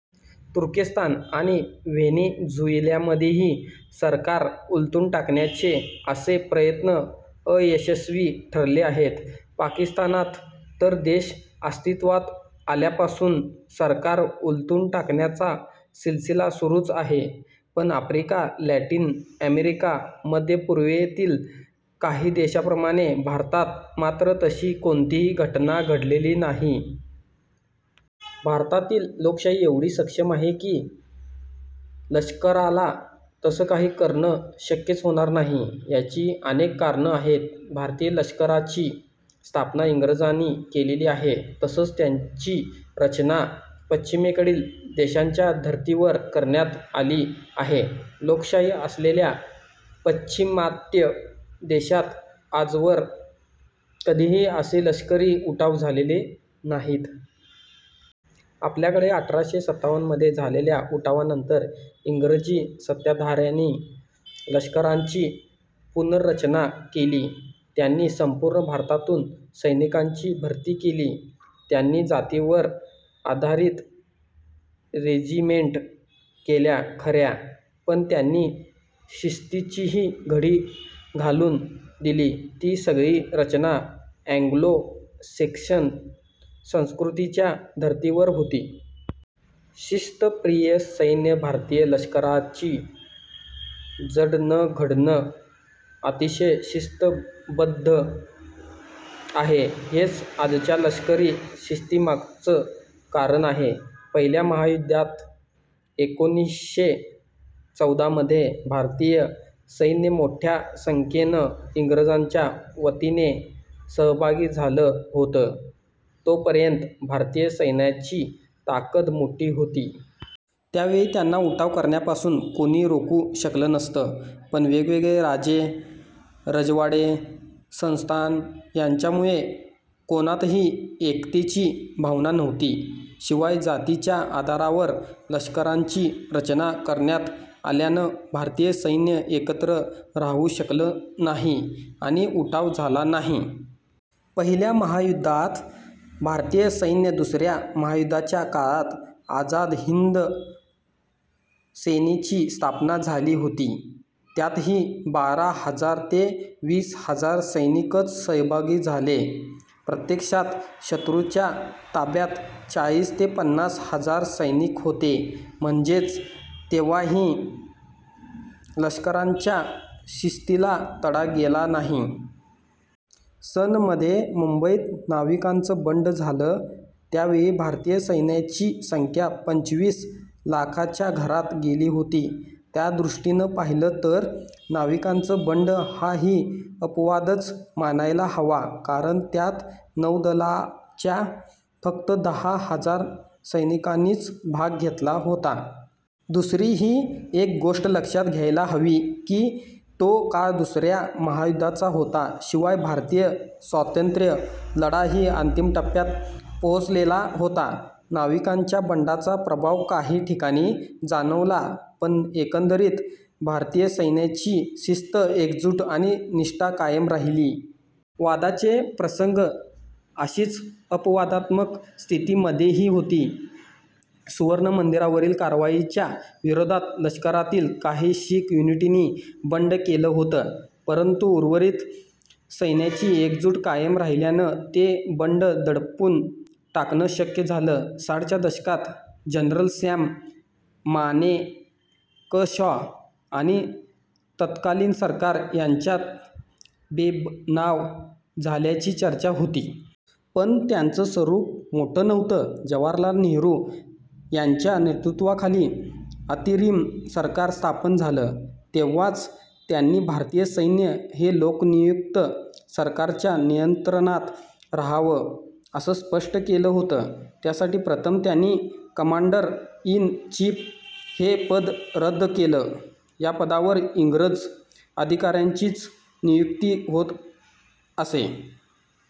तुर्कस्तान आणि व्हेनेझुएलामध्येही सरकार उलथून टाकण्याचे असे प्रयत्न अयशस्वी ठरले आहेत. पाकिस्तानात तर देश अस्तित्वात आल्यापासून सरकारं उलथून टाकण्याचा सिलसिला सुरूच आहे. पण आफ्रिका, लॅटिन अमेरिका, मध्य पूर्वेतील काही देशांप्रमाणे भारतात मात्र तशी कोणतीही घटना घडलेली नाही. भारतातील लोकशाही एवढी सक्षम आहे की लष्कराला तसं काही करणं शक्यच होणार नाही. याची अनेक कारणं आहेत. भारतीय लष्कराची स्थापना इंग्रजांनी केलेली आहे. तसंच त्याची रचना पश्चिमेकडील देशांच्या धर्तीवर करण्यात आली आहे. लोकशाही असलेल्या पाश्चिमात्य देशांत आजवर कधीही असे लष्करी उठाव झालेले नाहीत. आपल्याकडे अठराशे सत्तावन्नमध्ये झालेल्या उठावानंतर इंग्रजी सत्ताधाऱ्यांनी लष्कराची पुनर्रचना केली. त्यांनी संपूर्ण भारतातून सैनिकांची भरती केली. त्यांनी जातींवर आधारित रेजिमेंट केल्या खऱ्या, पण त्यांनी शिस्तीचीही घडी घालून दिली. ती सगळी रचना अँग्लो सेक्शन संस्कृतीच्या धर्तीवर होती. शिस्तप्रिय सैन्य भारतीय लष्कराची जडणघडण अतिशय शिस्तबद्ध आहे. हेच आजच्या लष्करी शिस्तीमागचं कारण आहे. पहिल्या महायुद्धात, एकोणीसशे चौदामध्ये भारतीय सैन्य मोठ्या संख्येनं इंग्रजांच्या वतीने सहभागी झालं होतं. तोपर्यंत भारतीय सैन्याची ताकद मोठी होती. त्यावेळी त्यांना उठाव करण्यापासून कोणी रोखू शकलं नसतं. पण वेगवेगळे राजे रजवाडे, संस्थानं यांच्यामुळे कोणातही एकतेची भावना नव्हती. शिवाय जातीच्या आधारावर लष्कराची रचना करण्यात आल्यानं भारतीय सैन्य एकत्र राहू शकल नाही आणि उठाव झाला नाही. पहिल्या महायुद्धात भारतीय सैन्य दुसऱ्या महायुद्धाच्या काळात आझाद हिंद सेनेची स्थापना झाली होती. त्यातही बारा हजार ते वीस हजार सैनिकच सहभागी झाले. प्रत्यक्षात शत्रूच्या ताब्यात चाळीस ते पन्नास हजार सैनिक होते. म्हणजेच तेव्हाही लष्कराच्या शिस्तीला तडा गेला नाही. सन मध्ये मुंबईत नाविकांचं बंड झालं. त्यावेळी भारतीय सैन्याची संख्या पंचवीस लाखांच्या घरात गेली होती. त्यादृष्टीनं पाहिलं तर, नाविकांचं बंड हाही अपवादच मानायला हवा. कारण त्यात नौदलाच्या फक्त दहा हजार सैनिकांनीच भाग घेतला होता. दुसरीही एक गोष्ट लक्षात घ्यायला हवी की, तो काळ दुसऱ्या महायुद्धाचा होता. शिवाय, भारतीय स्वातंत्र्य लढाही अंतिम टप्प्यात पोहोचलेला होता. नाविकांच्या बंडाचा प्रभाव काही ठिकाणी जाणवला, पण एकंदरीत भारतीय सैन्याची शिस्त, एकजूट आणि निष्ठा कायम राहिली. वादाचे प्रसंग अशीच अपवादात्मक स्थिती मध्येही होती. सुवर्ण मंदिरावरील कारवाईच्या विरोधात लष्करातील काही शीख युनिटनी बंड केलं होतं. परंतु, उर्वरित सैन्याची एकजूट कायम राहिल्यानं ते बंड दडपून टाकणं शक्य झालं. साठच्या दशकात जनरल सॅम माणेकशॉ आणि तत्कालीन सरकार यांच्यात बेबनाव झाल्याची चर्चा होती. पण त्याचं स्वरूप मोठं नव्हतं. जवाहरलाल नेहरू यांच्या नेतृत्वाखाली अंतरिम सरकार स्थापन झालं तेव्हाच, त्यांनी भारतीय सैन्य हे लोकनियुक्त सरकारच्या नियंत्रणात रहावं, असं स्पष्ट केलं होतं. त्यासाठी प्रथम त्यांनी कमांडर इन चीफ हे पद रद्द केलं. या पदावर इंग्रज अधिकाऱ्याचीच नियुक्ती होत असे.